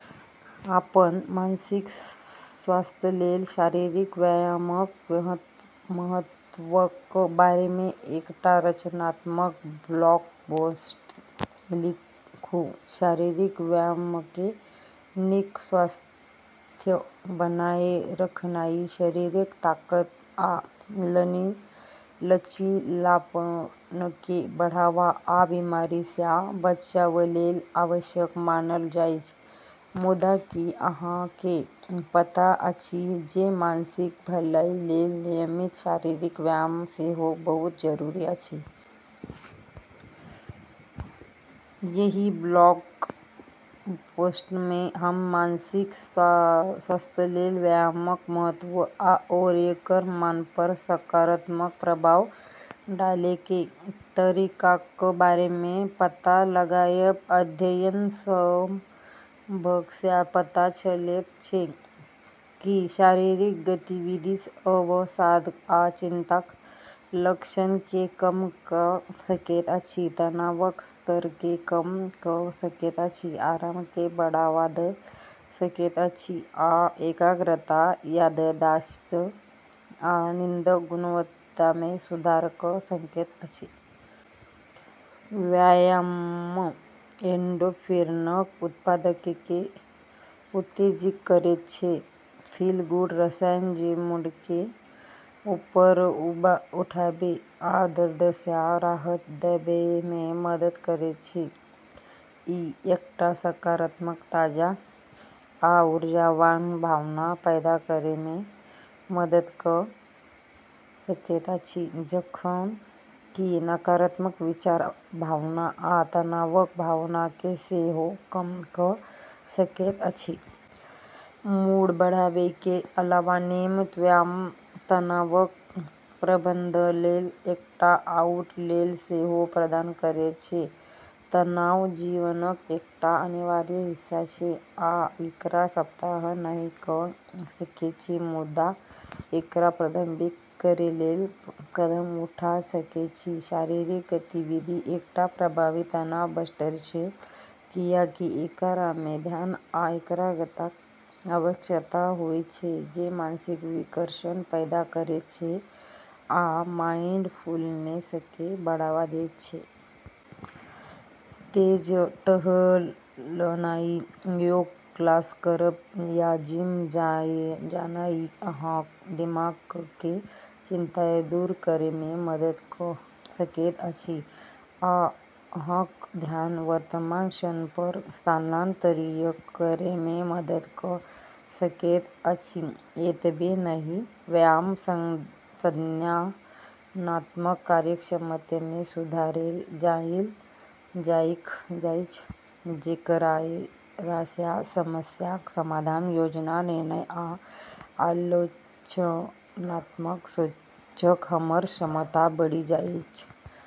अपन मानसिक स्वास्थ्यलेल शारीरिक व्यायामक महत्वक बारेमे एकटा रचनात्मक ब्लॉग पोस्ट लिखू। शारीरिक व्यायामकेँ नीक स्वास्थ्य बनाए रखनाइ, शरीरक ताकत आ लचीलापनकेँ बढ़ावा, आ बीमारीसँ बचावलेल आवश्यक मानल जाइछ। मुदा, की अहाँकेँ पता अछि जे मानसिक भलाईलेल नियमित शारीरिक व्यायाम सेहो बहुत जरूरी अछि? एहि ब्लॉग पोस्टमे हम मानसिक स्वास्थ्यलेल व्यायामक महत्व आओर एकर मनपर सकारात्मक प्रभाव डालैकेँ तरीकाक बारेमे पता लगायब। अध्ययन सभसँ पता चलैत छै कि शारीरिक गतिविधि अवसाद आ चिंताक लक्षणकेँ कम कऽ सकैत अछि, तनावक स्तरकेँ कम कऽ सकैत अछि, आरामकेँ बढ़ावा दऽ सकैत अछि आ एकाग्रता, याददाश्त आ नींदक गुणवत्तामे सुधार कऽ सकैत अछि। व्यायाम एंडोर्फिनक उत्पादनकेँ उत्तेजित करैत छै-'फील-गुड' रसायन जे मूडकेँ ऊपर उठाबै आ दर्दसँ राहत देबैमे मदद करैत छै। ई एकटा सकारात्मक, ताजा आ ऊर्जावान भावना पैदा करैमे मदद कऽ सकैत अछि, जखन कि नकारात्मक विचार, भावना आ तनावक भावनाकेँ सेहो कम कऽ सकैत अछि। मूड बढ़ाबैकेँ अलावा नियमित व्यायाम तनावक प्रबंधनलेल एकटा आउटलेट सेहो प्रदान करैत छै। तनाव जीवनक एकटा अनिवार्य हिस्सा छै, आ एकरा समाप्त नहि कऽ सकैछी, मुदा एकरा प्रबंधित करैलेल कदम उठा सकैछी। शारीरिक गतिविधि एकटा प्रभावी तनाव बस्टर छै, कियाकि एकरामे ध्यान आ एकाग्रताक आवश्यकता होइत छै, जे मानसिक विकर्षण पैदा करैत छै आ माइंडफुलनेसकेँ बढ़ावा दैत छै। तेज टहलनाइ, योग क्लास करब या जिम जानाइ अहाँक दिमागकेँ चिंतासँ दूर करैमे मदद कऽ सकैत अछि आ अहाँक ध्यान वर्तमान क्षणपर स्थानांतरित करैमे मदद कऽ सकैत अछि। एतबे नहि, व्यायाम संज्ञानात्मक कार्यक्षमतामे सुधारलेल जानल जाइछ, जेकरासँ समस्याक समाधान, योजना, निर्णय, आ आलोचनात्मक सोचक हमर क्षमता बढ़ि जाइछ।